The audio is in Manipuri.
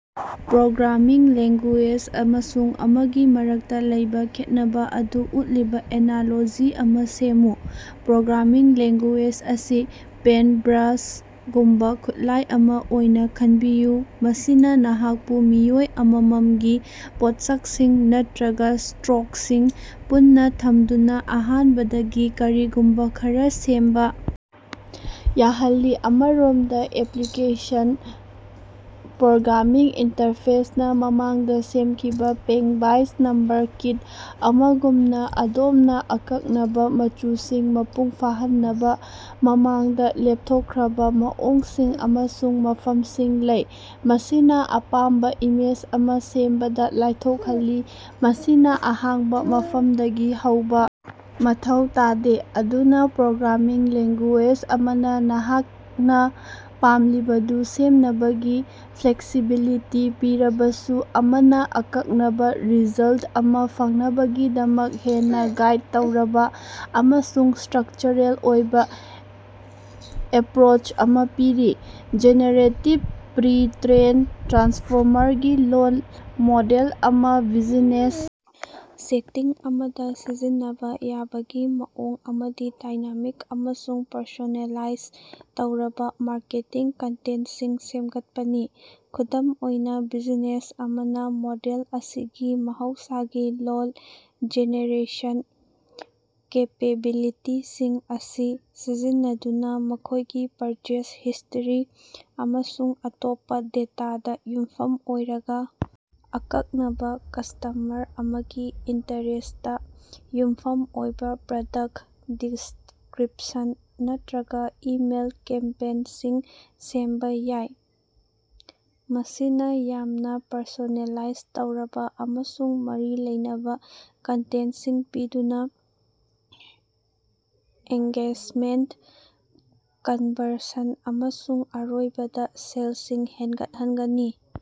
ꯄ꯭ꯔꯣꯒ꯭ꯔꯥꯃꯤꯡ ꯂꯦꯡꯒꯨꯌꯦꯖ ꯑꯃꯁꯨꯡ ꯑꯃꯒꯤ ꯃꯔꯛꯇꯥ ꯂꯩꯕꯥ ꯈꯦꯠꯅꯕꯥ ꯑꯗꯨ ꯎꯠꯂꯤꯕꯥ ꯑꯦꯅꯥꯂꯣꯖꯤ ꯑꯃꯥ ꯁꯦꯝꯃꯨ꯫ ꯄ꯭ꯔꯣꯒ꯭ꯔꯥꯃꯤꯡ ꯂꯦꯡꯒꯨꯌꯦꯖ ꯑꯁꯤ ꯄꯦꯟꯠꯕ꯭ꯔꯥꯁꯒꯨꯝꯕꯥ ꯈꯨꯠꯂꯥꯏ ꯑꯃꯥ ꯑꯣꯏꯅꯥ ꯈꯟꯕꯤꯌꯨ ꯃꯁꯤꯅꯥ ꯅꯍꯥꯛꯄꯨ ꯃꯤꯑꯣꯏ ꯑꯃꯃꯝꯒꯤ ꯄꯣꯠꯁꯛꯁꯤꯡ ꯅꯠꯇ꯭ꯔꯒꯥ ꯁ꯭ꯇꯔꯣꯛꯁꯤꯡ ꯄꯨꯟꯅꯥ ꯊꯝꯗꯨꯅꯥ ꯑꯍꯥꯟꯕꯗꯒꯤ ꯀꯔꯤꯒꯨꯝꯕꯥ ꯈꯔꯥ ꯁꯦꯝꯕꯥ ꯌꯥꯍꯜꯂꯤ꯫ ꯑꯃꯔꯣꯝꯗꯥ ꯑꯦꯄꯤꯀ꯭ꯂꯦꯁꯟ ꯄ꯭ꯔꯣꯒ꯭ꯔꯥꯃꯤꯡ ꯏꯟꯇꯔꯐꯦꯁꯅꯥ ꯃꯃꯥꯡꯗꯥ ꯁꯦꯝꯈꯤꯕꯥ ꯄꯦꯟꯡ ꯕꯥꯏ ꯅꯝꯕꯔ ꯀꯤꯠ ꯑꯃꯒꯨꯝꯅꯥ ꯑꯗꯣꯝꯅꯥ ꯑꯀꯛꯅꯕꯥ ꯃꯆꯨꯁꯤꯡꯅꯥ ꯃꯄꯨꯡ ꯐꯥꯍꯟꯅꯕꯥ ꯃꯃꯥꯡꯗꯥ ꯂꯦꯞꯊꯣꯛꯈ꯭ꯔꯕꯥ ꯃꯑꯣꯡꯁꯤꯡ ꯑꯃꯁꯨꯡ ꯃꯐꯝꯁꯤꯡ ꯂꯩ ꯃꯁꯤꯅꯥ ꯑꯄꯥꯝꯕꯥ ꯏꯃꯦꯖ ꯑꯃꯥ ꯁꯦꯝꯕꯗꯥ ꯂꯥꯏꯊꯣꯛꯍꯜꯂꯤ ꯃꯁꯤꯅꯥ ꯑꯍꯥꯡꯕꯥ ꯃꯐꯝꯗꯒꯤ ꯍꯧꯕꯥ ꯃꯊꯧ ꯇꯥꯗꯦ꯫ ꯑꯗꯨꯅꯥ ꯄ꯭ꯔꯣꯒ꯭ꯔꯥꯃꯤꯡ ꯂꯦꯡꯒꯨꯌꯦꯖ ꯑꯃꯅꯥ ꯅꯍꯥꯛꯅꯥ ꯄꯥꯝꯂꯤꯕꯗꯨ ꯁꯦꯝꯅꯕꯒꯤ ꯐ꯭ꯂꯦꯛꯁꯤꯕꯤꯂꯤꯇꯤ ꯄꯤꯔꯕꯁꯨ ꯑꯃꯅꯥ ꯑꯀꯛꯅꯕꯥ ꯔꯤꯖꯜꯠ ꯑꯃꯥ ꯐꯪꯅꯕꯒꯤꯗꯃꯛ ꯍꯦꯟꯅꯥ ꯒꯥꯏꯗ ꯇꯧꯔꯕꯥ ꯑꯃꯁꯨꯡ ꯁ꯭ꯇꯔꯛꯆꯔꯦꯜ ꯑꯣꯏꯕꯥ ꯑꯦꯄ꯭ꯔꯣꯆ ꯑꯃꯥ ꯄꯤꯔꯤ꯫ ꯖꯦꯅꯦꯔꯦꯇꯤꯚ ꯄ꯭ꯔꯤ ꯇ꯭ꯔꯦꯟ ꯇ꯭ꯔꯥꯟꯁꯐꯣꯔꯃꯔꯒꯤ ꯂꯣꯜ ꯃꯣꯗꯦꯜ ꯑꯃꯥ ꯕꯤꯖꯤꯅꯦꯁ ꯁꯦꯇꯤꯡ ꯑꯃꯗꯥ ꯁꯤꯖꯤꯟꯅꯕꯥ ꯌꯥꯕꯒꯤ ꯃꯑꯣꯡ ꯑꯃꯗꯤ ꯗꯥꯏꯅꯥꯃꯤꯛ ꯑꯃꯁꯨꯡ ꯄꯔꯁꯣꯅꯦꯂꯥꯏꯖ ꯇꯧꯔꯕꯥ ꯃꯥꯔꯀꯦꯇꯤꯡ ꯀꯟꯇꯦꯟꯠꯁꯤꯡ ꯁꯦꯝꯒꯠꯄꯅꯤ꯫ ꯈꯨꯗꯝ ꯑꯣꯏꯅꯥ ꯕꯤꯖꯤꯅꯦꯁ ꯑꯃꯅꯥ ꯃꯣꯗꯦꯜ ꯑꯁꯤꯒꯤ ꯃꯍꯧꯁꯥꯒꯤ ꯂꯣꯜ ꯖꯦꯅꯦꯔꯦꯁꯟ ꯀꯦꯄꯦꯕꯤꯂꯤꯇꯤꯁꯤꯡ ꯑꯁꯤ ꯁꯤꯖꯤꯟꯅꯗꯨꯅꯥ ꯃꯈꯣꯏꯒꯤ ꯄꯔꯆꯦꯖ ꯍꯤꯁ꯭ꯇꯔꯤ ꯑꯃꯁꯨꯡ ꯑꯇꯣꯞꯄꯥ ꯗꯦꯇꯥꯗꯥ ꯌꯨꯝꯐꯝ ꯑꯣꯏꯔꯒꯥ ꯑꯀꯛꯅꯕꯥ ꯀꯁꯇꯃꯔ ꯑꯃꯒꯤ ꯏꯟꯇꯔꯦꯁ꯭ꯠꯇꯥ ꯌꯨꯝꯐꯝ ꯑꯣꯏꯕꯥ ꯄ꯭ꯔꯗꯛꯇ ꯗꯤꯁꯀ꯭ꯔꯤꯞꯁꯟ ꯅꯠꯇ꯭ꯔꯒꯥ ꯏꯃꯦꯜ ꯀꯦꯝꯄꯦꯟꯁꯤꯡ ꯁꯦꯝꯕꯥ ꯌꯥꯏ꯫ ꯃꯁꯤꯅꯥ ꯌꯥꯝꯅꯥ ꯄꯔꯁꯣꯅꯦꯂꯥꯏꯖ ꯇꯧꯔꯕꯥ ꯑꯃꯁꯨꯡ ꯃꯔꯤ ꯂꯩꯅꯕꯥ ꯀꯟꯇꯦꯟꯠꯁꯤꯡ ꯄꯤꯗꯨꯅꯥ ꯑꯦꯡꯒꯦꯖꯃꯦꯟꯠ ꯀꯟꯕꯔꯁꯟ ꯑꯃꯁꯨꯡ ꯑꯔꯣꯏꯕꯗꯥ ꯁꯦꯜꯁꯤꯡ ꯍꯦꯟꯒꯠꯍꯟꯒꯅꯤ꯫